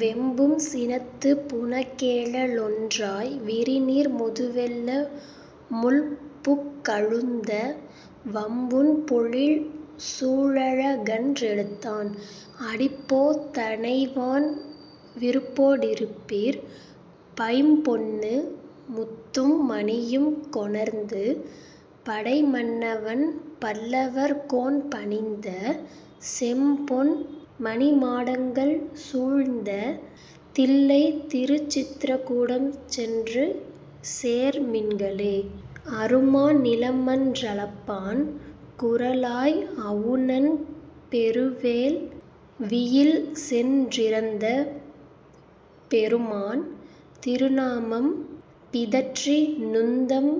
வெம்பும் சினத்துப் புனக்கேழ லொன்றாய் விரிநீர் முதுவெள்ள முள்புக் கழுந்த, வம்புண் பொழில்சூ ழுலகன் றெடுத்தான் அடிப்போ தணைவான் விருப்போ டிருப்பீர், பைம்பொன்னு முத்தும் மணியும் கொணர்ந்து படைமன்னவன்பல் லவர்க்கோன் பணிந்த, செம்பொன் மணிமாடங் கள்சூழ்ந்த தில்லைத் திருச்சித்ர கூடம் சென்றுசேர் மின்களே.. அருமா நிலமன் றளப்பான் குறளாய் அவுணன் பெருவேள் வியில்சென் றிரந்த, பெருமான் திருநா மம்பிதற் றிநுந்தம்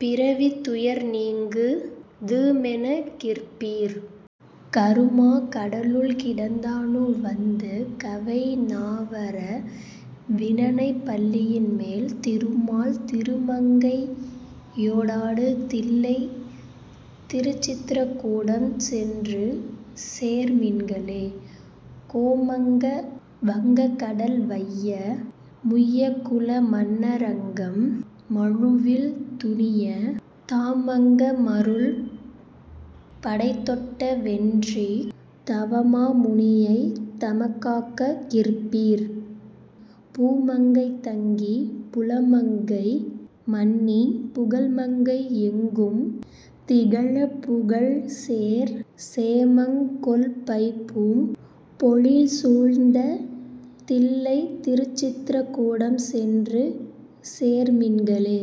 பி றவித் துயர்நீங்கு துமென்ன கிற்பீர். கருமா கடலுள் கிடந்தா னுவந்து கவைநா வரவி னணைப்பள்ளி யின்மேல், திருமால் திருமங் கையொடாடு தில்லைத் திருச்சித்ர கூடம் சென்றுசேர் மின்களே.. கோமங்க வங்கக் கடல்வைய முய்யக் குலமன்ன ரங்கம் மழுவில் துணிய, தாமங் கமருள் படைதொட்ட வென்றித் தவமா முனியைத் தமக்காக்க கிற்பீர், பூமங்கை தங்கிப் புலமங்கை மன்னிப் புகழ்மங்கை யெங்கும் திகழப்புகழ்சேர் சேமங்கொள் பைம்பூம் பொழில்சூழ்ந்த தில்லைத் திருச்சித்ர கூடம் சென்றுசேர் மின்களே..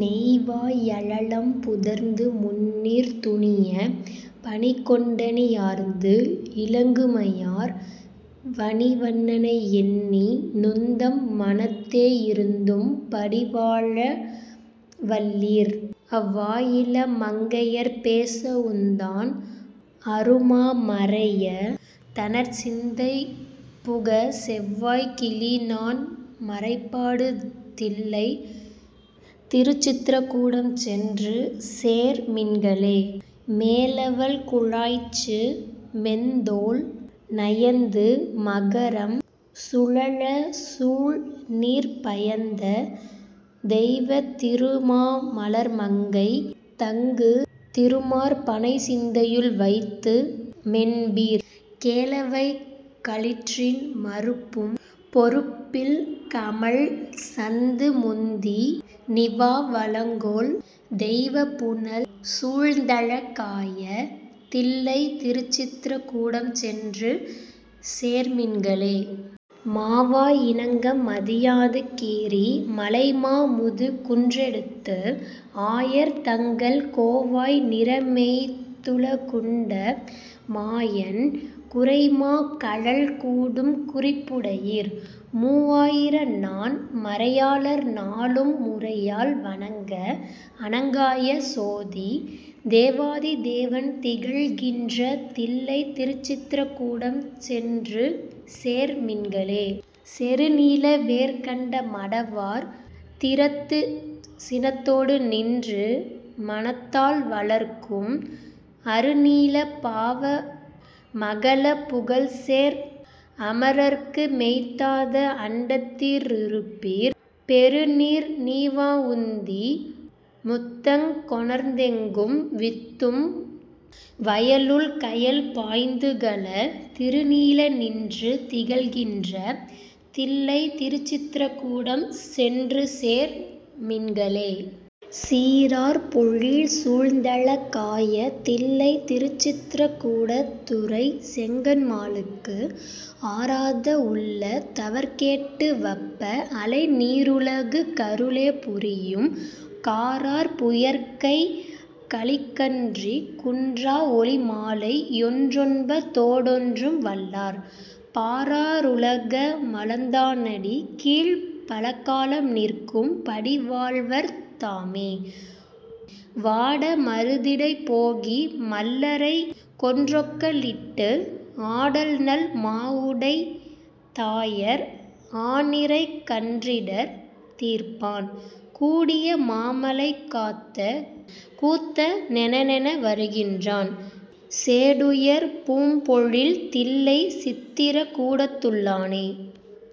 நெய்வா யழலம் புதுரந்து முந்நீர் துணியப் பணிகொண் டணியார்ந்து, இலங்கு மையார் வணிவண் ணனையெண்ணி நுந்தம் மனத்தே யிருத்தும் படிவாழ வல்லீர், அவ்வாயிளமங் கையர்ப்பேச வுந்தான் அருமா மறையந் தணர்சிந் தைபுக, செவ்வாய்க் கிளிநான் மறைபாடு தில்லைத் திருச்சித்ர கூடம் சென்றுசேர் மின்களே.. மௌவல் குழலாய்ச்சி மெந்தோள் நயந்து மகரம் சுழலச் சூல்நீர் பயந்த, தெய்வத் திருமா மலர்மங்கை தங்கு திருமார் பனைச்சிந்தை யுள்வைத்து மென்பீர் கௌவைக் களிற்றின் மருப்பும் பொருப்பில் கமழ்சந்து முந்தி நிவாவ லங்கொள், தெய்வப் புனல்சூழ்ந் தழகாய தில்லைத் திருச்சித்ர கூடம் சென்றுசேர் மின்களே.. மாவாயி னங்கம் மதியாது கீறி மழைமா முதுகுன் றெடுத்து, ஆயர் தங்கள் கோவாய் நிரைமேய்த் துலகுண்ட மாயன் குரைமா கழல்கூ டும்குறிப் புடையீர், மூவா யிரநான் மறையாளர் நாளும் முறையால் வணங்க அணங்காய சோதி, தேவாதி தேவன் திகழ்கின்ற தில்லைத் திருச்சித்ர கூடம் சென்றுசேர் மின்களே.. செருநீல வேற்கண்ட மடவார் திறத்துச் சினத்தோடு நின்று மனத்தால் வளர்க்கும், அருநீல பாவ மகலப் புகழ்சேர் அமரர்க்கு மெய்தாத அண்டத்தி ருப்பீர், பெருநீர் நிவாவுந்தி முத்தங்கொ ணர்ந்தெங்கும் வித்தும் வயலுள் கயல்பாய்ந் துகள, திருநீல நின்று திகழ்கின்ற தில்லைத் திருச்சித்ர கூடம் சென்றுசேர் மின்களே.. சீரார் பொழில்சூழ்ந் தழகாய தில்லைத் திருசித்ர கூடத் துறைசெங்கண் மாலுக்கு, ஆராத வுள்ளத் தவர்க்கேட் டுவப்ப அலைநீ ருலகுக் கருளே புரியும், காரார் புயற்கைக் கலிகன்றி குன்றா ஒலிமாலை யொறொன்ப தோடொன்றும் வல்லார், பாரா ருலக மளந்தா னடிக்கீழ்ப் பலகாலம் நிற்கும் படிவாழ்வர் தாமே. வாட மருதிடை போகி மல்லரைக் கொன்றொக்க லிட்டு, ஆடல்நல் மாவுடைத் தாயர் ஆநிரைக் கன்றிடர் தீர்ப்பான், கூடிய மாமழை காத்த கூத்த னெனெவரு கின்றான், சேடுயர் பூம்பொழில் தில்லைச் சித்திர கூடத்துள் ளானே..